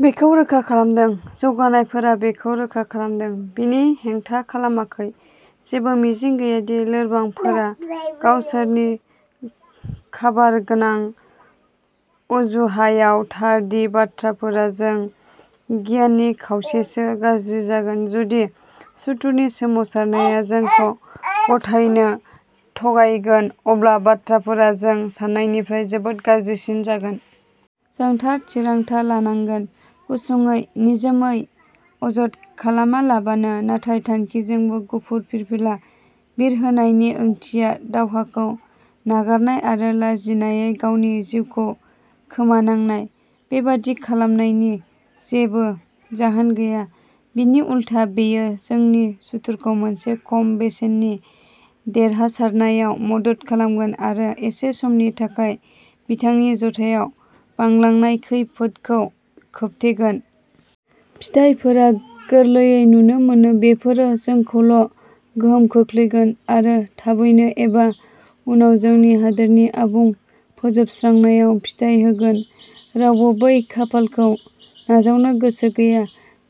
बेखौ रोखा खालामदों। जौगानायफोरा बेखौ रोखा खालामदों। बिनि हेंथा खालामाखै। जेबो मिजिं गैया दि लोरबांफोरा गावसोरनि काबारगोनां अजुहायाव थार दि बाथ्राफोरा जों गियाननि खावसेसो गाज्रि जागोन। जुदि सुथुरनि सोमावसारनाया जोंखौ गथायनो थगायगोन, अब्ला बाथ्राफोरा जों सान्नायनिफ्राय जोबोद गाज्रिसिन जागोन। जों थार थिरांथा लानांगोन। गुसुङै, निजोमयै, अजद खालामालाबानो। नाथाय थांखिजोंबो गुफुर फिरफिला बिरहोनायनि ओंथिया दावहाखौ नागारनाय आरो लाजिनायै गावनि जिउखौ खोमानांनाय। बेबादि खालामनायनि जेबो जाहोन गैया। बिनि उलथा बेयो जोंनि सुथुरखौ मोनसे खम बेसेननि देरहासारनायाव मदद खालामगोन आरो एसे समनि थाखाय बिथांनि जथायाव बांलांनाय खैफोदखौ खोबथेगोन। फिथायफोरा गोरलैयै नुनो मोनो। बेफोरो जोंखौल' गोहोम खोख्लैगोन आरो थाबैनो एबा उनाव जोंनि हादोरनि आबुं फोजोबस्रांनायाव फिथाय होगोन। रावबो बै खाफालखौ नाजावनो गोसो गैया।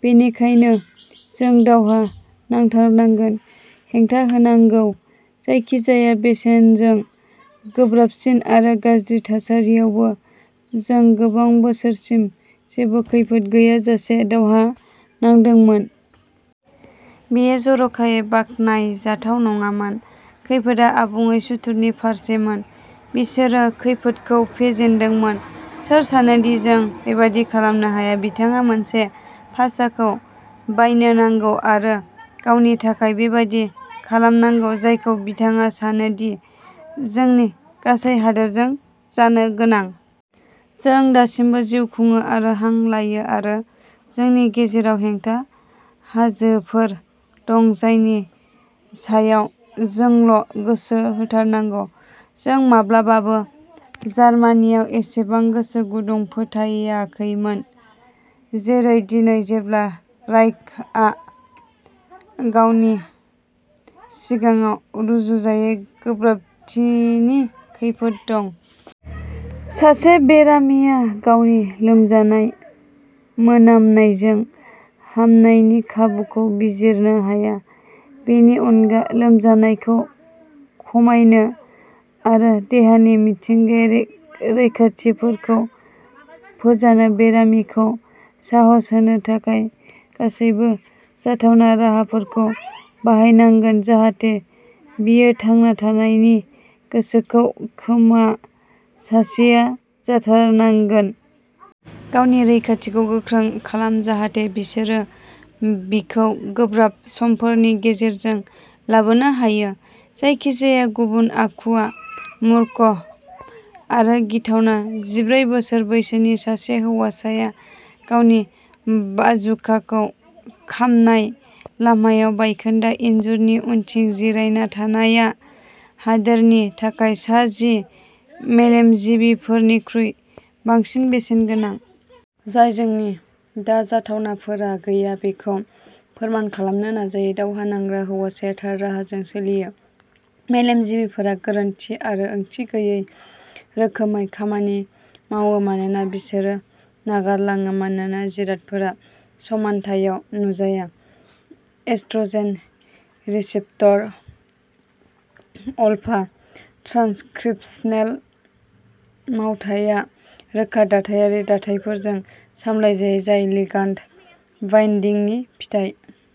बेनिखायनो जों दावहा नांथारनांगोन, हेंथा होनांगौ। जायखिजाया बेसेनजों गोब्राबसिन आरो गाज्रि थासारियावबो जों गोबां बोसोरसिम जेबो खैफोद गैयाजासे दावहा नांदोंमोन। बेयो जर'खायै बाखनाय जाथाव नङामोन। खैफोदआ आबुङै सुथुरनि फारसेमोन। बिसोरो खैफोदखौ फेजेनदोंमोन। सोर सानोदि जों बेबादि खालामनो हाया? बिथाङा मोनसे फासाखौ बायनो नांगौ आरो गावनि थाखाय बेबादि खालामनांगौ जायखौ बिथाङा सानो दि जोंनि गासै हादोरजों जानो गोनां। जों दासिमबो जिउ खुङो आरो हां लायो आरो जोंनि गेजेराव हेंथा हाजोफोर दं जायनि सायाव जोंल' गोसो होथारनांगौ। जों माब्लाबाबो जार्मानियाव एसेबां गोसो गुदुं फोथायाखैमोन जेरै दिनै जेब्ला राइखआ गावनि सिगाङाव रुजुजायै गोब्राबथिनि खैफोद दं। सासे बेरामिया गावनि लोमजानाय मोनामनायजों हामनायनि खाबुखौ बिजिरनो हाया। बेनि अनगा लोमजानायखौ खमायनो आरो देहानि मिथिंगायारि रैखाथिफोरखौ फोजानो बेरामिखौ साहस होनो थाखाय गासैबो जाथावना राहाफोरखौ बाहायनांगोन जाहाथे बियो थांना थानायनि गोसोखौ खोमा सासेआ जाथारनांगोन। गावनि रैखाथिखौ गोख्रों खालाम जाहाथे बिसोरो बिखौ गोब्राब समफोरनि गेजेरजों लाबोनो हायो। जायखिजाया गुबुन आखुआ मुर्ख आरो गिथावना। जिब्रै बोसोर बैसोनि सासे हौवासाया गावनि बाजुकाखौ खामनाय लामायाव बायखोन्दा इनजुरनि उनथिं जिरायना थानायआ हादोरनि थाखाय सा जि मेलेमजिबिफोरनिख्रुइ बांसिन बेसेन गोनां। जाय जोंनि दा जाथावनाफोरा गैया बेखौ फोरमान खालामनो नाजायो। दावहा नांग्रा हौवासाया थार राहाजों सोलियो, मेलेमजिबिफोरा गोरोन्थि आरो ओंथि गैयै रोखोमै खामानि मावो मानोना बिसोरो नागारलाङो मानोना जिरादफोरा समान्थायाव नुजाया। एस्ट्रजेन रिसेप्टर अलफा ट्रानसक्रिप्शनेल मावथाया रोखा दाथायारि थाथायफोरजों सामलायजायो जाय लिगान्द बाइनदिंनि फिथाय।